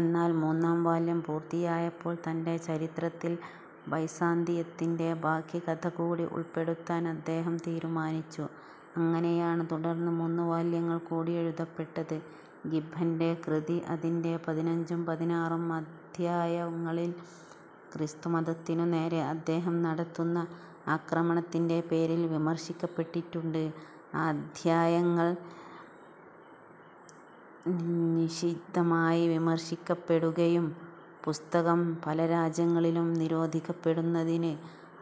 എന്നാൽ മൂന്നാം വാല്യം പൂർത്തിയായപ്പോൾ തന്റെ ചരിത്രത്തിൽ ബൈസാന്തിയത്തിന്റെ ബാക്കി കഥ കൂടി ഉൾപ്പെടുത്താൻ അദ്ദേഹം തീരുമാനിച്ചു. അങ്ങനെയാണ് തുടർന്ന് മൂന്നുവാല്യങ്ങൾ കൂടി എഴുതപ്പെട്ടത്. ഗിബ്ബന്റെ കൃതി, അതിന്റെ പതിനഞ്ചും പതിനാറും അദ്ധ്യായങ്ങളിൽ ക്രിസ്തുമതത്തിനുനേരേ അദ്ദേഹം നടത്തുന്ന ആക്രമണത്തിന്റെ പേരിൽ വിമർശിക്കപ്പെട്ടിട്ടുണ്ട്. ആ അദ്ധ്യായങ്ങൾ നിശിതമായി വിമർശിക്കപ്പെടുകയും പുസ്തകം പല രാജ്യങ്ങളിലും നിരോധിക്കപ്പെടുന്നതിന്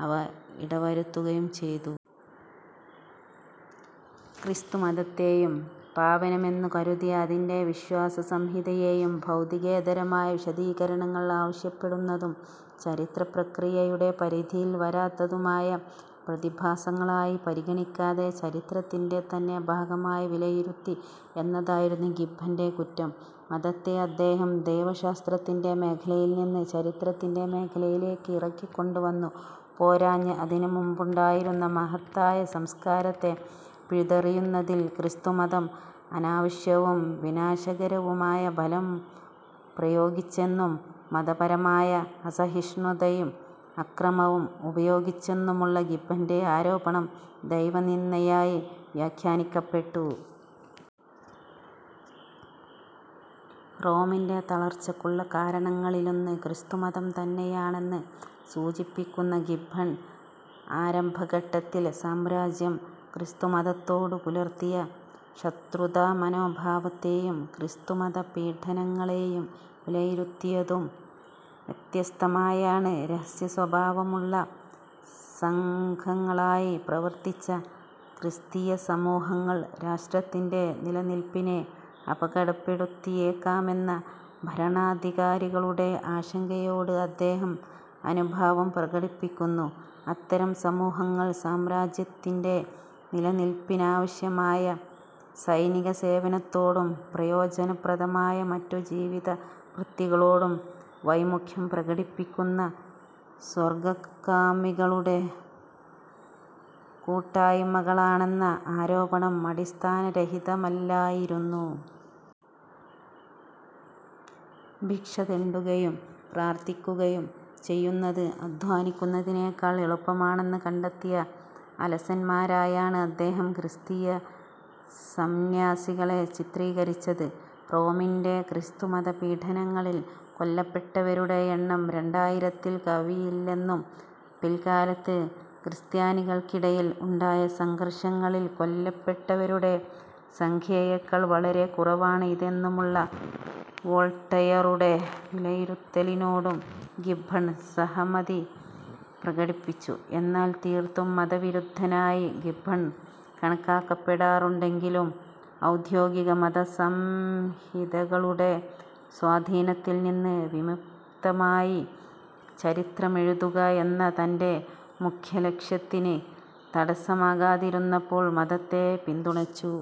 അവ ഇടവരുത്തുകയും ചെയ്തു. ക്രിസ്തുമതത്തേയും പാവനമെന്നുകരുതിയ അതിന്റെ വിശ്വാസസംഹിതയേയും ഭൗതികേതരമായ വിശദീകരണങ്ങൾ ആവശ്യപ്പെടുന്നതും ചരിത്രപ്രക്രിയയുടെ പരിധിയിൽ വരാത്തതുമായ പ്രതിഭാസങ്ങളായി പരിഗണിക്കാതെ ചരിത്രത്തിന്റെ തന്നെ ഭാഗമായി വിലയിരുത്തി എന്നതായിരുന്നു ഗിബ്ബന്റെ 'കുറ്റം'. മതത്തെ അദ്ദേഹം ദൈവശാസ്ത്രത്തിന്റെ മേഖലയിൽ നിന്ന് ചരിത്രത്തിന്റെ മേഖലയിലേക്ക് ഇറക്കിക്കൊണ്ടുവന്നു. പോരാഞ്ഞ്, അതിനുമുൻപുണ്ടായിരുന്ന മഹത്തായ സംസ്കാരത്തെ പിഴുതെറിയുന്നതിൽ ക്രിസ്തുമതം അനാവശ്യവും വിനാശകരവുമായ ബലം പ്രയോഗിച്ചെന്നും മതപരമായ അസഹിഷ്ണുതയും അക്രമവും ഉപയോഗിച്ചെന്നുമുള്ള ഗിബ്ബന്റെ ആരോപണം ദൈവനിന്ദയായി വ്യാഖ്യാനിക്കപ്പെട്ടു. റോമിന്റെ തളർച്ചക്കുള്ള കാരണങ്ങളിലൊന്ന് ക്രിസ്തുമതം തന്നെയാണെന്ന് സൂചിപ്പിക്കുന്ന ഗിബ്ബൺ ആരംഭഘട്ടത്തിൽ സാമ്രാജ്യം ക്രിസ്തുമതത്തോടുപുലർത്തിയ ശത്രുതാമനോഭാവത്തേയും ക്രിസ്തുമതപീഡനങ്ങളേയും വിലയിരുത്തിയതും വ്യത്യസ്തമായാണ്. രഹസ്യസ്വഭാവമുള്ള സംഘങ്ങളായി പ്രവർത്തിച്ച ക്രിസ്തീയസമൂഹങ്ങൾ രാഷ്ട്രത്തിന്റെ നിലനില്പിനെ അപകടപ്പെടുത്തിയേക്കാമെന്ന ഭരണാധികാരികളുടെ ആശങ്കയോട് അദ്ദേഹം അനുഭാവം പ്രകടിപ്പിക്കുന്നു. അത്തരം സമൂഹങ്ങൾ, സാമ്രാജ്യത്തിന്റെ നിലനില്പിനാവശ്യമായ സൈനികസേവനത്തോടും പ്രയോജനപ്രദമായ മറ്റു ജീവിതവൃത്തികളോടും വൈമുഖ്യം പ്രകടിപ്പിക്കുന്ന സ്വർഗ്ഗകാമികളുടെ കുട്ടായ്മകളാണെന്ന ആരോപണം അടിസ്ഥാനരഹിതമല്ലായിരുന്നു. ഭിക്ഷതെണ്ടുകയും പ്രാർത്ഥിക്കുകയും ചെയ്യുന്നത് അദ്ധ്വാനിക്കുന്നതിനേക്കാൾ എളുപ്പമാണെന്ന് കണ്ടെത്തിയ അലസന്മാരായാണ് അദ്ദേഹം ക്രിസ്തീയ സംന്യാസികളെ ചിത്രീകരിച്ചത്. റോമിന്റെ ക്രിസ്തുമതപീഡനങ്ങളിൽ കൊല്ലപ്പെട്ടവരുടെ എണ്ണം രണ്ടായിരത്തിൽ കവിയില്ലെന്നും പിൽക്കാലത്ത് ക്രിസ്ത്യാനികൾക്കിടയിൽ ഉണ്ടായ സംഘർഷങ്ങളിൽ കൊല്ലപ്പെട്ടവരുടെ സംഖ്യയേക്കാൾ വളരെക്കുറവാണ് ഇതെന്നുമുള്ള വോൾട്ടയറുടെ വിലയിരുത്തലിനോടും ഗിബ്ബൺ സഹമതി പ്രകടിപ്പിച്ചു. എന്നാൽ തീർത്തും മതവിരുദ്ധനായി ഗിബ്ബൺ കണക്കാക്കപ്പെടാറുണ്ടെങ്കിലും ഔദ്യോഗിക മതസംഹിതകളുടെ സ്വാധീനത്തിൽ നിന്ന് വിമുക്തമായി ചരിത്രമെഴുതുക എന്ന തന്റെ മുഖ്യലക്ഷ്യത്തിന് തടസമാകാതിരുന്നപ്പോൾ മതത്തെ പിന്തുണച്ചു.